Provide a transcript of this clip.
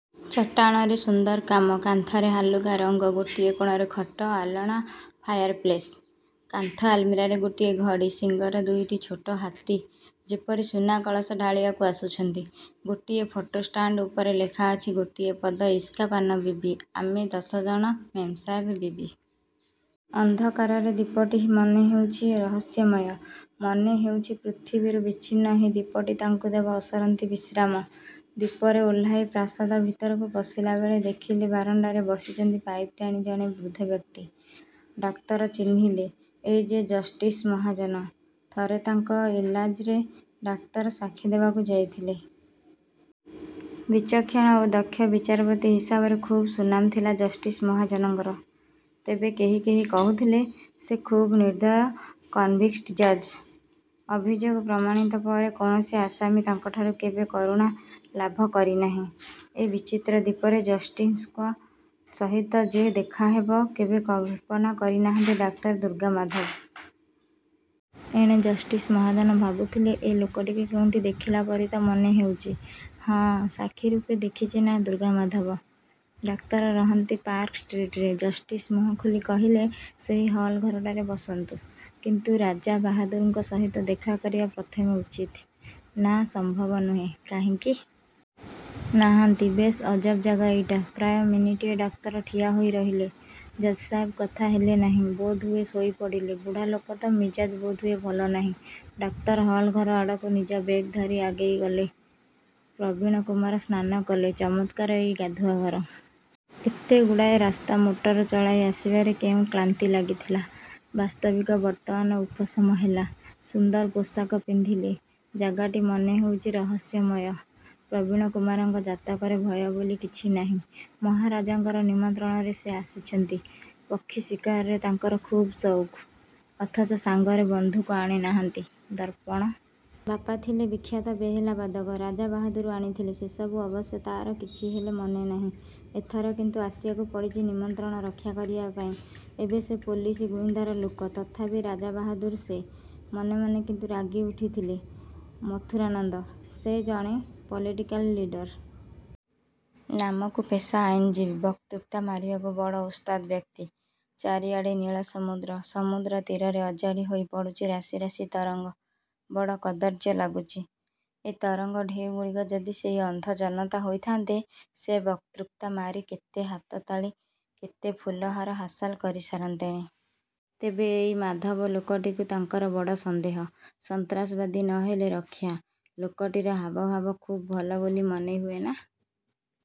ଚଟାଣରେ ସୁନ୍ଦର କାମ। କାନ୍ଥରେ ହାଲୁକା ରଙ୍ଗ। ଗୋଟିଏ କୋଣରେ ଖଟ, ଆଲଣା, ଫାୟାରପ୍ଲେସ୍। କାନ୍ଥ ଆଲମୀରାରେ ଗୋଟିଏ ଘଡ଼ି। ଶିଙ୍ଗର ଦୁଇଟି ଛୋଟ ହାତୀ, ଯେପରି ସୁନାକଳସ ଢାଳିବାକୁ ଆସୁଛନ୍ତି। ଗୋଟିଏ ଫଟୋ ଷ୍ଟାଣ୍ଡ ଉପରେ ଲେଖାଅଛି ଗୋଟିଏ ପଦ- ଇସ୍କା ପାନ ବିବି, ଆମେ ଦଶଜଣ ମେମ୍ସାହେବ ବିବି। ଅନ୍ଧକାରରେ ଦ୍ଵୀପଟି ମନେହେଉଛି ରହସ୍ୟମୟ। ମନେହେଉଛି ପୃଥିବୀରୁ ବିଚ୍ଛିନ୍ନ ଏହି ଦ୍ଵୀପଟି ତାଙ୍କୁ ଦେବ ଅସରନ୍ତି ବିଶ୍ରାମ। ଦ୍ଵୀପରେ ଓହ୍ଲାଇ ପ୍ରାସାଦ ଭିତରକୁ ପଶିଲାବେଳେ ଦେଖିଲେ ବାରଣ୍ଡାରେ ବସିଛନ୍ତି ପାଇପ୍ ଟାଣି ଜଣେ ବୃଦ୍ଧ ବ୍ୟକ୍ତି। ଡାକ୍ତର ଚିହ୍ନିଲେ, ଏ ଯେ ଜଷ୍ଟିସ୍ ମହାଜନ। ଥରେ ତାଙ୍କ ଇଜ୍ଲାସରେ ଡାକ୍ତର ସାକ୍ଷୀ ଦେବାକୁ ଯାଇଥିଲେ। ବିଚକ୍ଷଣ ଓ ଦକ୍ଷ ବିଚାରପତି ହିସାବରେ ଖୁବ୍ ସୁନାମ ଥିଲା ଜଷ୍ଟିସ୍ ମହାଜନଙ୍କର। ତେବେ କେହି କେହି କହୁଥିଲେ, ସେ ଖୁବ୍ ନିର୍ଦ୍ଦୟ କନଭିଷ୍ଟ ଜଜ୍। ଅଭିଯୋଗ ପ୍ରମାଣିତ ହେଲେ କୌଣସି ଆସାମୀ ତାଙ୍କଠାରୁ କେବେ କରୁଣା ଲାଭ କରିନାହିଁ। ଏ ବିଚିତ୍ର ଦ୍ଵୀପରେ ଜଷ୍ଟିସ୍ଙ୍କ ସହିତ ଯେ ଦେଖାହେବ, କେବେ କଳ୍ପନା କରିନାହାନ୍ତି ଡାକ୍ତର ଦୁର୍ଗାମାଧବ। ଏଣେ ଜଷ୍ଟିସ୍ ମହାଜନ ଭାବୁଥିଲେ, ଏ ଲୋକଟିକି କେଉଁଠି ଦେଖିଲାପରି ତ ମନେହେଉଛି! ହଁ, ସାକ୍ଷୀରୂପେ ଦେଖିଛି ନାଁ ଦୁର୍ଗାମାଧବ। ଡାକ୍ତର ରହନ୍ତି ପାର୍କଷ୍ଟ୍ରିଟରେ। ଜଷ୍ଟିସ୍ ମୁହଁ ଖୋଲି କହିଲେ ସେହି ହଲ୍ ଘରଟାରେ ବସନ୍ତୁ। କିନ୍ତୁ ରାଜାବାହାଦୁରଙ୍କ ସହିତ ଦେଖାକରିବା ପ୍ରଥମେ ଉଚିତ। ନା, ସମ୍ଭବ ନୁହେଁ। କାହିଁକି? ନାହାନ୍ତି। ବେଶ୍ ଅଜବ ଜାଗା ଏଇଟା! ପ୍ରାୟ ମିନିଟିଏ ଡାକ୍ତର ଠିଆହୋଇ ରହିଲେ। ଜଜ୍ସାହେବ କଥା ହେଲେ ନାହିଁ। ବୋଧହୁଏ ଶୋଇପଡ଼ିଲେ। ବୁଢ଼ାଲୋକ ତ, ମିଜାଜ୍ ବୋଧହୁଏ ଭଲ ନାହିଁ। ଡାକ୍ତର ହଲ୍ ଘର ଆଡ଼କୁ ନିଜ ବେଗ୍ ଧରି ଆଗେଇଗଲେ। ପ୍ରବୀଣକୁମାର ସ୍ନାନ କଲେ। ଚମତ୍କାର ଏଇ ଗାଧୁଆଘର। ଏତେଗୁଡ଼ାଏ ରାସ୍ତା ମୋଟର ଚଳାଇ ଆସିବାରେ ଯେଉଁ କ୍ଳାନ୍ତି ଲାଗିଥିଲା, ବାସ୍ତବିକ ବର୍ତ୍ତମାନ ଉପଶମ ହେଲା। ସୁନ୍ଦର ପୋଷାକ ପିନ୍ଧିଲେ। ଜାଗାଟି ମନେହେଉଛି ରହସ୍ୟମୟ। ପ୍ରବୀଣକୁମାରଙ୍କ ଜାତକରେ ଭୟ ବୋଲି କିଛି ନାହିଁ। ମହାରାଜାଙ୍କର ନିମନ୍ତ୍ରଣରେ ସେ ଆସିଛନ୍ତି। ପକ୍ଷୀଶିକାରରେ ତାଙ୍କର ଖୁବ୍ ସଉକ। ଅଥଚ ସାଙ୍ଗରେ ବନ୍ଧୁକ ଆଣିନାହାନ୍ତି। ଦର୍ପଣ ବାପା ଥିଲେ ବିଖ୍ୟାତ ବେହେଲାବାଦକ। ରାଜାବାହାଦୁର ଆଣିଥିଲେ। ସେସବୁ ଅବଶ୍ୟ ତା’ର କିଛିହେଲେ ମନେନାହିଁ। ଏଥର କିନ୍ତୁ ଆସିବାକୁ ପଡ଼ିଛି ନିମନ୍ତ୍ରଣ ରକ୍ଷାକରିବା ପାଇଁ, ଏବେ ସେ ପୋଲିସ ଗୁଇନ୍ଦାର ଲୋକ। ତଥାପି ରାଜାବାହାଦୁର ସେ। ମନେମନେ କିନ୍ତୁ ରାଗିଉଠିଥିଲେ ମଥୁରାନନ୍ଦ। ସେ ଜଣେ ପଲିଟିକାଲ ଲିଡର୍। ନାମକୁ ପେଶା ଆଇନଜୀବୀ। ବକ୍ତୃତା ମାରିବାକୁ ବଡ଼ ଓସ୍ତାଦ୍ ବ୍ୟକ୍ତି। ଚାରିଆଡ଼େ ନୀଳସମୁଦ୍ର। ସମୁଦ୍ରତୀରରେ ଅଜାଡ଼ି ହୋଇ ପଡ଼ୁଛି ରାଶି ରାଶି ତରଙ୍ଗ। ବଡ଼ କଦର୍ଯ୍ୟ ଲାଗୁଛି। ଏ ତରଙ୍ଗ ଢେଉଗୁଡ଼ିକ ଯଦି ସେଇ ଅନ୍ଧ ଜନତା ହୋଇଥାନ୍ତେ, ସେ ବକ୍ତୃତା ମାରି କେତେ ହାତତାଳି, କେତେ ଫୁଲହାର ହାସଲ କରିସାରନ୍ତେଣି! ତେବେ ଏଇ ମାଧବ ଲୋକଟିକୁ ତାଙ୍କର ବଡ଼ ସନ୍ଦେହ। ସନ୍ତ୍ରାସବାଦୀ ନ ହେଲେ ରକ୍ଷା। ଲୋକଟିର ହାବଭାବ ଖୁବ୍ ଭଲ ବୋଲି ମନେହୁଏ ନା।